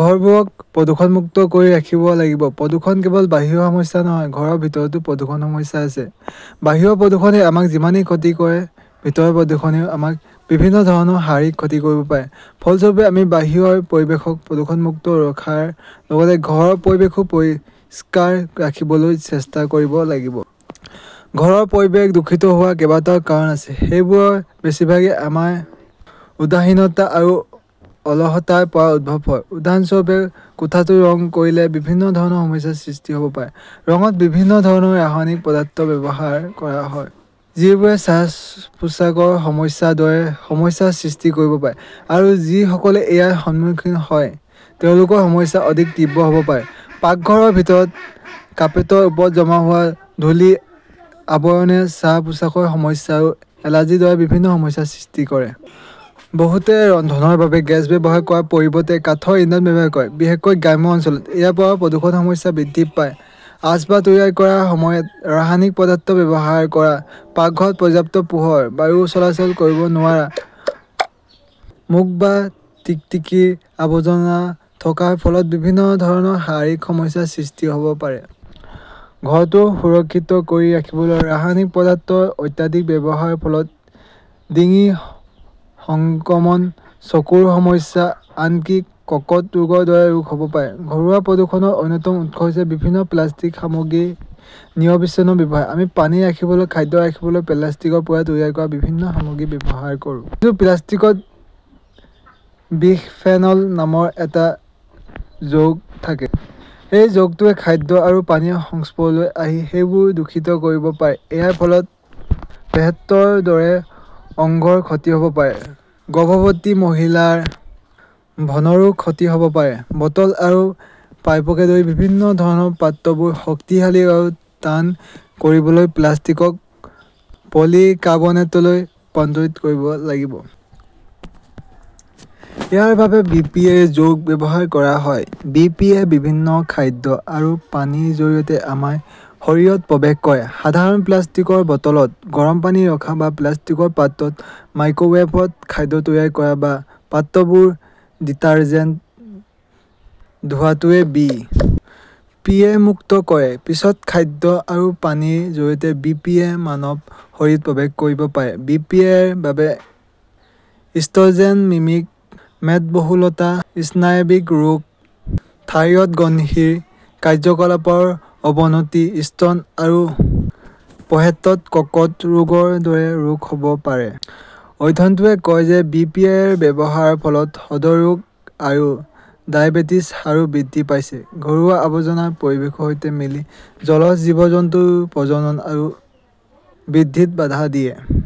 ঘৰবোৰক প্ৰদূষণমুক্ত কৰি ৰাখিব লাগিব প্ৰদূষণ কেৱল বাহিৰৰ সমস্যা নহয়, ঘৰৰ ভিতৰতো প্ৰদূষণৰ সমস্যা আছে। বাহিৰৰ প্ৰদূষণে আমাক যিমানেই ক্ষতি কৰে, ভিতৰৰ প্ৰদূষণেও আমাক বিভিন্ন ধৰণৰ শাৰীৰিক ক্ষতি কৰিব পাৰে। ফলস্বৰূপে, আমি বাহিৰৰ পৰিৱেশক প্ৰদূষণমুক্ত ৰখাৰ লগতে ঘৰৰ পৰিৱেশো পৰিষ্কাৰ ৰাখিবলৈ চেষ্টা কৰিব লাগিব। ঘৰৰ পৰিৱেশ দূষিত হোৱাৰ কেইবাটাও কাৰণ আছে। সেইবোৰৰ বেছিভাগেই আমাৰ উদাসীনতা আৰু অলসতাৰ পৰা উদ্ভৱ হয়। উদাহৰণস্বৰূপে, কোঠাটো ৰং কৰিলে বিভিন্ন ধৰণৰ সমস্যাৰ সৃষ্টি হ'ব পাৰে। ৰঙত বিভিন্ন ধৰণৰ ৰাসায়নিক পদাৰ্থ ব্যৱহাৰ কৰা হয়। যিবোৰে শ্বাস-প্ৰশ্বাসৰ সমস্যাৰ দৰে সমস্যাৰ সৃষ্টি কৰিব পাৰে, আৰু যিসকলে ইয়াৰ সন্মুখীন হয় তেওঁলোকৰ সমস্যা অধিক তীব্ৰ হ'ব পাৰে। পাকঘৰৰ ভিতৰত, কাৰ্পেটৰ ওপৰত জমা হোৱা ধূলিৰ আৱৰণে শ্বাস-প্ৰশ্বাসৰ সমস্যা আৰু এলাৰ্জিৰ দৰে বিভিন্ন সমস্যাৰ সৃষ্টি কৰে। বহুতে ৰন্ধনৰ বাবে গেছ ব্যৱহাৰ কৰাৰ পৰিৱৰ্তে কাঠৰ ইন্ধন ব্যৱহাৰ কৰে। বিশেষকৈ গ্ৰাম্য অঞ্চলত। ইয়াৰ পৰাও প্ৰদূষণৰ সমস্যা বৃদ্ধি পায়। আচবাব তৈয়াৰ কৰাৰ সময়ত ৰাসায়নিক পদাৰ্থ ব্যৱহাৰ কৰা, পাকঘৰত পৰ্যাপ্ত পোহৰ, বায়ু চলাচল কৰিব নোৱাৰা, মূখ বা টিকটিকিৰ আৱৰ্জনা থকাৰ ফলত বিভিন্ন ধৰণৰ শাৰীৰিক সমস্যাৰ সৃষ্টি হ'ব পাৰে। ঘৰটো সুৰক্ষিত কৰি ৰাখিবলৈ ৰাসায়নিক পদাৰ্থৰ অত্যাধিক ব্যৱহাৰৰ ফলত ডিঙিৰ সংক্ৰমণ, চকুৰ সমস্যা, আনকি কৰ্কট ৰোগৰ দৰে ৰোগ হ'ব পাৰে। ঘৰুৱা প্ৰদূষণৰ অন্যতম উৎস হৈছে বিভিন্ন প্লাষ্টিক সামগ্ৰীৰ নিৰবিচ্ছিন্ন ব্যৱহাৰ। আমি পানী ৰাখিবলৈ, খাদ্য ৰাখিবলৈ প্লাষ্টিকৰ পৰা তৈয়াৰ কৰা বিভিন্ন সামগ্ৰী ব্যৱহাৰ কৰো। কিন্তু প্লাষ্টিকত বিসফেনল নামৰ এটা যৌগ থাকে। এই যৌগটোৱে খাদ্য আৰু পানীৰ সংস্পৰ্শলৈ আহি সেইবোৰ দূষিত কৰিব পাৰে। ইয়াৰ ফলত পেশটৰ দৰে অংগৰ ক্ষতি হ'ব পাৰে, গৰ্ভৱতী মহিলাৰ ভ্ৰূণৰো ক্ষতি হ'ব পাৰে। বটল আৰু পাইপকে ধৰি বিভিন্ন ধৰণৰ পাত্ৰবোৰ শক্তিশালী আৰু টান কৰিবলৈ প্লাষ্টিকক পলি কাৰ্বনেটলৈ ৰূপান্তৰিত কৰিব লাগিব। ইয়াৰ বাবে বি. পি. এ. যৌগ ব্যৱহাৰ কৰা হয়। বি. পি. এ. বিভিন্ন খাদ্য আৰু পানীৰ জৰিয়তে আমাৰ শৰীৰত প্ৰৱেশ কৰে। সাধাৰণ প্লাষ্টিকৰ বটলত গৰম পানী ৰখা বা প্লাষ্টিকৰ পাত্ৰত মাইক্ৰৱেভত খাদ্য তৈয়াৰ কৰা বা পাত্ৰবোৰ ডিটাৰজেণ্ট ধোৱাটোৱে বি. পি. এ. মুক্ত কৰে। পিছত খাদ্য আৰু পানীৰ জৰিয়তে বি. পি. এ. মানৱ শৰীৰ প্ৰৱেশ কৰিব পাৰে। বি. পি. এ.ৰ বাবে ইষ্ট্ৰজেন মিমিক, মেদবহুলতা, স্নায়ৱিক ৰোগ, থাইৰয়ড গ্ৰন্থিৰ কাৰ্য্যকলাপৰ অৱনতি, স্তন আৰু প্ৰসেটত কৰ্কট ৰোগৰ দৰে ৰোগ হ'ব পাৰে। অধ্যয়নটোৱে কয় যে বি. পি. এ. -ৰ ব্যৱহাৰ ফলত হৃদৰোগ আৰু ডায়েবেটিছ হাৰো বৃদ্ধি পাইছে। ঘৰুৱা আৱৰ্জনা পৰিৱেশৰ সৈতে মিলি জলজ জীৱ-জন্তুৰ প্ৰজনন আৰু বৃদ্ধিত বাধা দিয়ে।